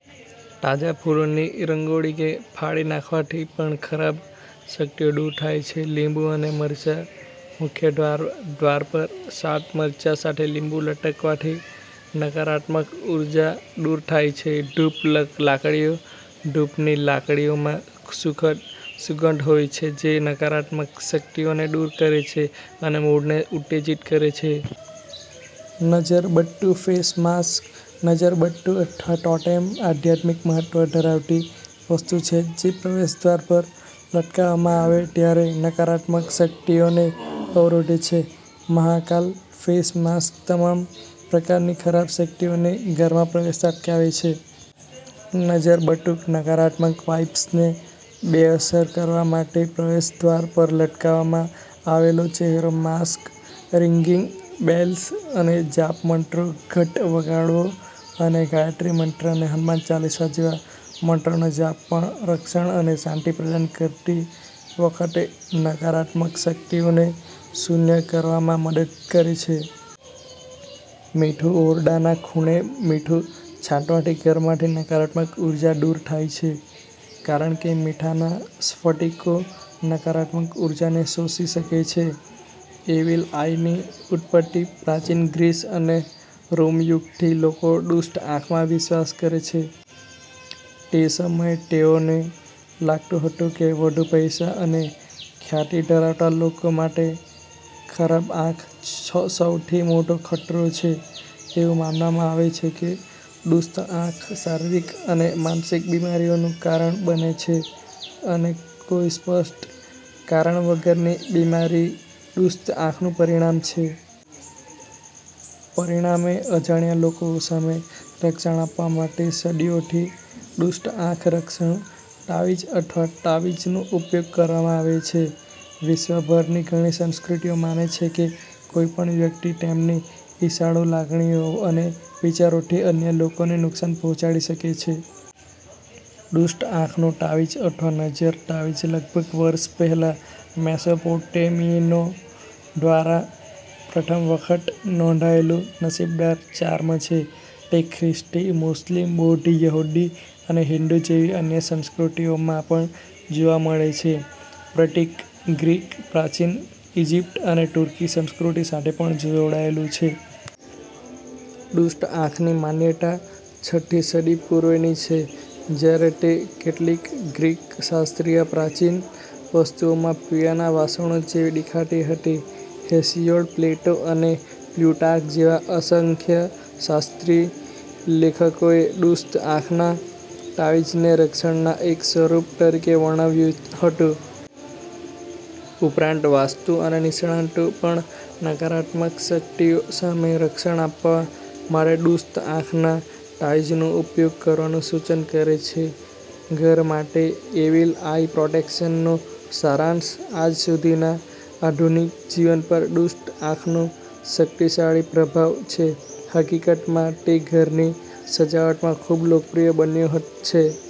તાજા ફૂલોની રંગોળી કે ફાડી નાખવાથી પણ ખરાબ શક્તિઓ દૂર થાય છે. લીંબુ અને મરચાંઃ મુખ્ય દ્વાર પર સાત મરચાં સાથે લીંબુ લટકાવવાથી નકારાત્મક ઉર્જા દૂર થાય છે. ધૂપ લાકડીઓ: ધૂપની લાકડીઓમાં સુખદ સુગંધ હોય છે જે નકારાત્મક શક્તિઓને દૂર કરે છે અને મૂડને ઉત્તેજિત કરે છે. નઝર બટ્ટુ ફેસ માસ્ક: નઝર બટ્ટુ, અથવા ટોટેમ, આધ્યાત્મિક મહત્વ ધરાવતી વસ્તુ છે જે પ્રવેશદ્વાર પર લટકાવવામાં આવે ત્યારે નકારાત્મક શક્તિઓને અવરોધે છે. "મહાકાલ" ફેસ માસ્ક તમામ પ્રકારની ખરાબ શક્તિઓને ઘરમાં પ્રવેશતા અટકાવે છે. નઝર બટુક નકારાત્મક વાઇબ્સને બેઅસર કરવા માટે પ્રવેશદ્વાર પર લટકાવવામાં આવેલો ચહેરો, માસ્ક રિંગિંગ બેલ્સ અને જાપ મંત્રો, ઘંટ વગાડવો અને ગાયત્રી મંત્ર અને હનુમાન ચાલીસા જેવા મંત્રોનો જાપ પણ રક્ષણ અને શાંતિ પ્રદાન કરતી વખતે નકારાત્મક શક્તિઓને શૂન્ય કરવામાં મદદ કરે છે. મીઠું: ઓરડાના ખૂણે મીઠું છાંટવાથી ઘરમાંથી નકારાત્મક ઉર્જા દૂર થાય છે કારણ કે મીઠાના સ્ફટિકો નકારાત્મક ઊર્જાને શોષી શકે છે. એવિલ આઇની ઉત્પત્તિ: પ્રાચીન ગ્રીસ અને રોમ યુગથી લોકો દુષ્ટ આંખમાં વિશ્વાસ કરે છે. તે સમયે તેઓને લાગતું હતું કે વધુ પૈસા અને ખ્યાતિ ધરાવતા લોકો માટે ખરાબ આંખ સૌથી મોટો ખતરો છે. એવું માનવામાં આવે છે કે દુષ્ટ આંખ શારીરિક અને માનસિક બીમારીઓનું કારણ બને છે અને કોઈ સ્પષ્ટ કારણ વગરની બીમારી દુષ્ટ આંખનું પરિણામ છે. પરિણામે, અજાણ્યા લોકો સામે રક્ષણ આપવા માટે સદીઓથી દુષ્ટ આંખ રક્ષણ, તાવીજ અથવા તાવીજનો ઉપયોગ કરવામાં આવે છે. વિશ્વભરની ઘણી સંસ્કૃતિઓ માને છે કે કોઈ પણ વ્યક્તિ તેમની ઈર્ષાળુ લાગણીઓ અને વિચારોથી અન્ય લોકોને નુકસાન પહોંચાડી શકે છે. દુષ્ટ આંખનું તાવીજ અથવા નઝર તાવીજ લગભગ વર્ષ પહેલાં મેસોપોટેમિયનો દ્વારા પ્રથમ વખત નોંધાયેલું નસીબદાર ચાર્મ છે. તે ખ્રિસ્તી, મુસ્લિમ, બૌદ્ધ, યહૂદી અને હિંદુ જેવી અન્ય સંસ્કૃતિઓમાં પણ જોવા મળે છે. પ્રતીક ગ્રીક, પ્રાચીન ઇજિપ્ત અને તુર્કી સંસ્કૃતિ સાથે પણ જોડાયેલું છે. દુષ્ટ આંખની માન્યતા ઠ્ઠી સદી પૂર્વેની છે જ્યારે તે કેટલીક ગ્રીક શાસ્ત્રીય પ્રાચીન વસ્તુઓમાં પીવાના વાસણો જેવી દેખાતી હતી. હેસિયોડ, પ્લેટો અને પ્લુટાર્ક જેવા અસંખ્ય શાસ્ત્રીય લેખકોએ દુષ્ટ આંખના તાવીજને રક્ષણના એક સ્વરૂપ તરીકે વર્ણવ્યું હતું. ઉપરાંત, વાસ્તુ અને નિષ્ણાતો પણ નકારાત્મક શક્તિઓ સામે રક્ષણ આપવા માટે દુષ્ટ આંખના તાવીજનો ઉપયોગ કરવાનું સૂચન કરે છે. ઘર માટે એવિલ આઇ પ્રોટેક્શનનો સારાંશ આજ સુધીના આધુનિક જીવન પર દુષ્ટ આંખનો શક્તિશાળી પ્રભાવ છે. હકીકતમાં, તે ઘરની સજાવટમાં ખૂબ લોકપ્રિય બન્યું છે.